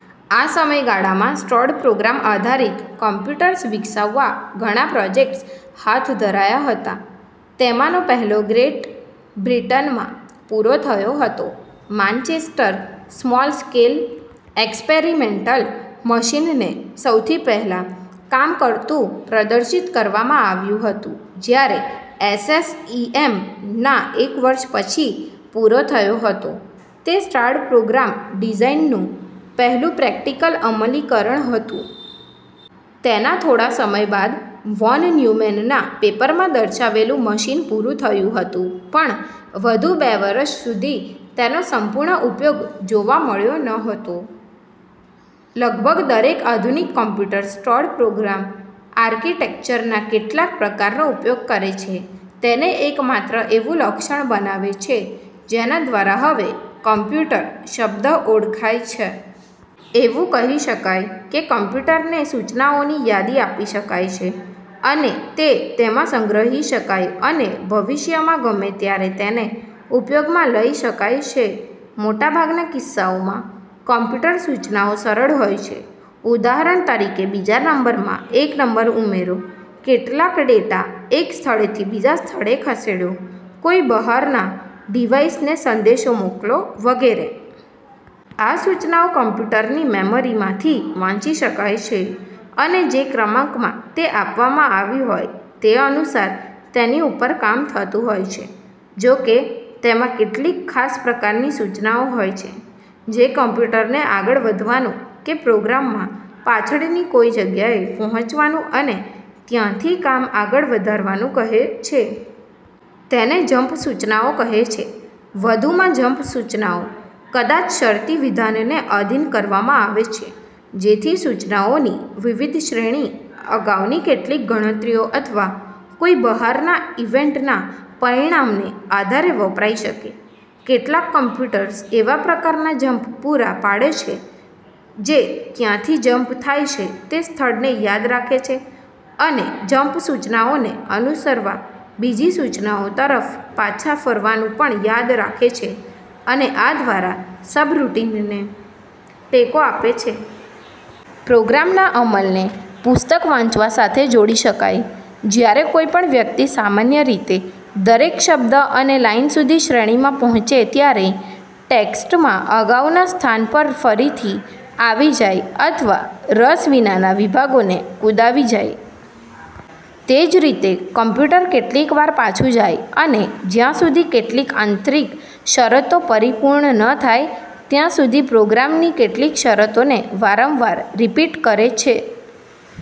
આ સમયગાળામાં સ્ટોર્ડ-પ્રોગ્રામ આધારિત કમ્પ્યુટર્સ વિકસાવવા ઘણાં પ્રોજેક્ટ્સ હાથ ધરાયા હતા, તેમાંનો પહેલો ગ્રેટ બ્રિટનમાં પુરો થયો હતો. માન્ચેસ્ટર સ્મોલ-સ્કેલ એક્સપેરિમેન્ટલ મશીન ને સૌથી પહેલા કામ કરતું પ્રદર્શિત કરવામાં આવ્યું હતું, જ્યારે SSEMનાં એક વર્ષ પછી પુરો થયો હતો, તે સ્ટોર્ડ પ્રોગ્રામ ડિઝાઇનનું પહેલું પ્રેક્ટિકલ અમલીકરણ હતું. તેના થોડા સમય બાદ વોન ન્યુમેનના પેપરમાં દર્શાવાયેલુ મશીન પુરૂ થયું હતું પણ વધુ બે વર્ષ સુધી તેનો સંપૂર્ણ ઉપયોગ જોવા મળ્યો નહોતો. લગભગ દરેક આધુનિક કમ્પ્યુટર્સ સ્ટોર્ડ પ્રોગ્રામ આર્કિટેક્ચરના કેટલાંક પ્રકારનો ઉપયોગ કરે છે, તેને એકમાત્ર એવુ લક્ષણ બનાવે છે જેના દ્વારા હવે "કમ્પ્યુટર" શબ્દ ઓળખાય છે. એવુ કહી શકાય કે કમ્પ્યુટરને સૂચનાઓની યાદી આપી શકાય છે અને તે તેમાં સંગ્રહી શકાય અને ભવિષ્યમાં ગમે ત્યારે તેને ઉપયોગમાં લઇ શકાય છે. મોટાભાગના કિસ્સાઓમાં, કમ્પ્યુટર સૂચનાઓ સરળ હોય છે. ઉદાહરણ તરીકે બીજા નંબરમાં એક નંબર ઉમેરો, કેટલોક ડેટા એક સ્થળેથી બીજા સ્થળે ખસેડો, કોઇ બહાર ના ડિવાઇસ ને સંદેશો મોકલો, વગેરે. આ સૂચનાઓ કમ્પ્યુટરની મેમરી માંથી વાંચી શકાય છે અને જે ક્રમાંકમાં તે આપવામાં આવી હોય તે અનુસાર તેની ઉપર કામ થતું હોય છે. જોકે, તેમાં કેટલીક ખાસ પ્રકારની સૂચનાઓ હોય છે જે કમ્પ્યુટરને આગળ વધવાનું કે પ્રોગ્રામમાં પાછળની કોઇ જગ્યાએ પહોચવાનું અને ત્યાંથી કામ આગળ વધારવાનું કહે છે. તેને "જમ્પ" સૂચનાઓ કહે છે. વધુમાં, જમ્પ સૂચનાઓ કદાચ શરતી વિધાનને આધિન કરવામાં આવે છે જેથી સૂચનાઓની વિવિધ શ્રેણી અગાઉની કેટલીક ગણતરીઓ અથવા કોઇ બહાર ના ઇવેન્ટ ના પરિણામને આધારે વપરાઇ શકે. કેટલાંક કમ્પ્યુટર્સ એવા પ્રકારના જમ્પ પુરા પાડે છે જે ક્યાંથી જમ્પ થાય છે તે સ્થળને યાદ રાખે અને જમ્પ સૂચનાઓને અનુસરવા બીજી સૂચનાઓ તરફ પાછા ફરવાનું પણ યાદ રાખે છે અને આ દ્વારા સબરૂટિનને ટેકો આપે છે. પ્રોગ્રામના અમલને પુસ્તક વાંચવા સાથે જોડી શકાય. જ્યારે કોઇ પણ વ્યક્તિ સામાન્ય રીતે દરેક શબ્દ અને લાઇન સુધી શ્રેણીમાં પહોંચે ત્યારે, ટેક્સ્ટમાં અગાઉના સ્થાન પર ફરીથી આવી જાય અથવા રસ વિનાના વિભાગોને કૂદાવી જાય. તેજ રીતે કમ્પ્યુટર કેટલીકવાર પાછુ જાય અને જ્યા સુધી કેટલીક આંતરિક શરતો પરિપૂર્ણ ન થાય ત્યા સુધી પ્રોગ્રામની કેટલીક શરતોને વારંવાર રીપીટ કરે છે.